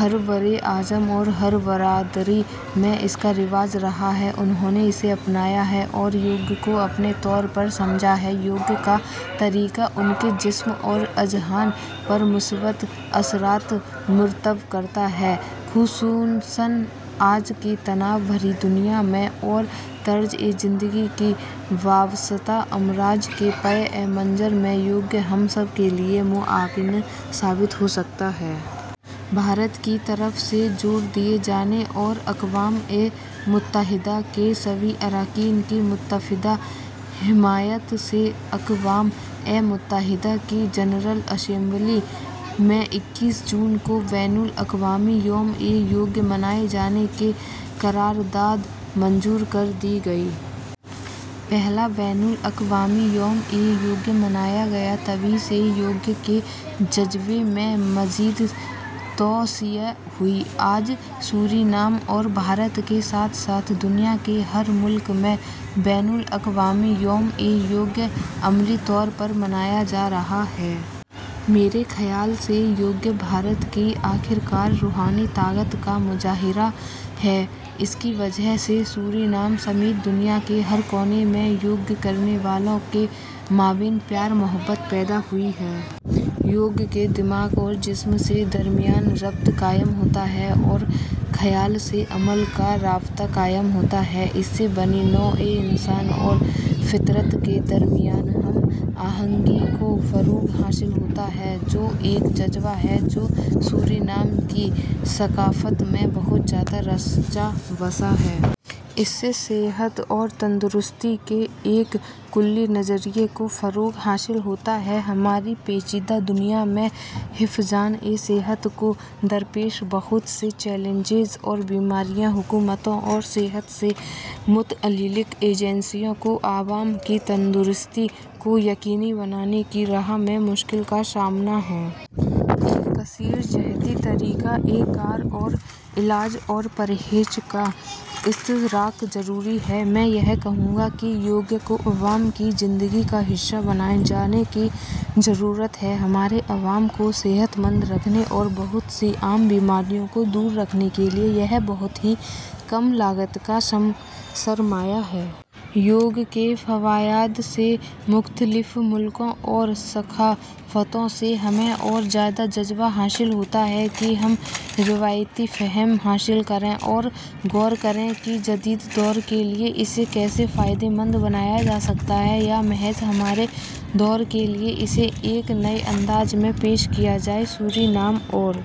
ہر براعظم اور ہر برادری میں اس کا رواج رہا ہے، انھوں نے اسے اپنایا ہے اور یوگ کو اپنے طور پر سمجھا ہے۔ یوگ کا طریقہ ان کے جسم اور اذہان پر مثبت اثرات مرتب کرتا ہے، خصوصاً آج کی تناؤ بھری دنیا میں اور طرزِ زندگی سے وابستہ امراض کے پس منظر میں یوگ ہم سب کے لیے معاون ثابت ہو سکتا ہے۔ بھارت کی طرف سے زور دیے جانے اور اقوام متحدہ کے سبھی ارکان کی متفقہ حمایت سے اقوام متحدہ کی جنرل اسمبلی میں اکیس جون کو بین الاقوامی یومِ یوگ منائے جانے کی قرارداد منظور کر دی گئی۔ پہلا بین الاقوامی یومِ یوگ منایا گیا، تبھی سے یوگ کے جذبے میں مزید توسیع ہوئی۔ آج سورینام اور بھارت کے ساتھ ساتھ دنیا کے ہر ملک میں بین الاقوامی یومِ یوگ عملی طور پر منایا جا رہا ہے۔ میرے خیال سے یوگ بھارت کی آخرکار روحانی طاقت کا مظاہرہ ہے۔ اس کی وجہ سے سورینام سمیت دنیا کے ہر کونے میں یوگ کرنے والوں کے مابین پیار محبت پیدا ہوا ہے۔ یوگ سے دماغ اور جسم کے درمیان ربط قائم ہوتا ہے اور خیال سے عمل کا رابطہ قائم ہوتا ہے۔ اس سے بنی نوع انسان اور فطرت کے درمیان ہم آہنگی کو فروغ حاصل ہوتا ہے، جو ایک جذبہ ہے جو سورینام کی ثقافت میں بہت زیادہ رچا بسا ہے۔ اس سے صحت اور تندرستی کے ایک کلی نظریے کو فروغ حاصل ہوتا ہے۔ ہماری پیچیدہ دنیا میں حفظانِ صحت کو درپیش بہت سے چیلنجز اور بیماریاں حکومتوں اور صحت سے متعلق ایجنسیوں کو عوام کی تندرستی کو یقینی بنانے کی راہ میں مشکلات کا سامنا ہے۔ ایک کثیر جہتی طریقۂ کار اور علاج اور پرہیز کا اشتراک ضروری ہے۔ میں یہ کہوں گا کہ یوگ کو عوام کی زندگی کا حصہ بنائے جانے کی ضرورت ہے۔ ہمارے عوام کو صحت مند رکھنے اور بہت سی عام بیماریوں کو دور رکھنے کے لیے یہ بہت ہی کم لاگت کا سرمایہ ہے۔ یوگ کے فوائد سے مختلف ملکوں اور ثقافتوں میں ہمیں اور زیادہ جذبہ حاصل ہوتا ہے کہ ہم روایتی فہم حاصل کریں اور غور کریں کہ جدید دور کے لیے اسے کیسے فائدے مند بنایا جا سکتا ہے، یا محض ہمارے دور کے لیے اسے ایک نئے انداز میں پیش کیا جائے۔ سورینام اور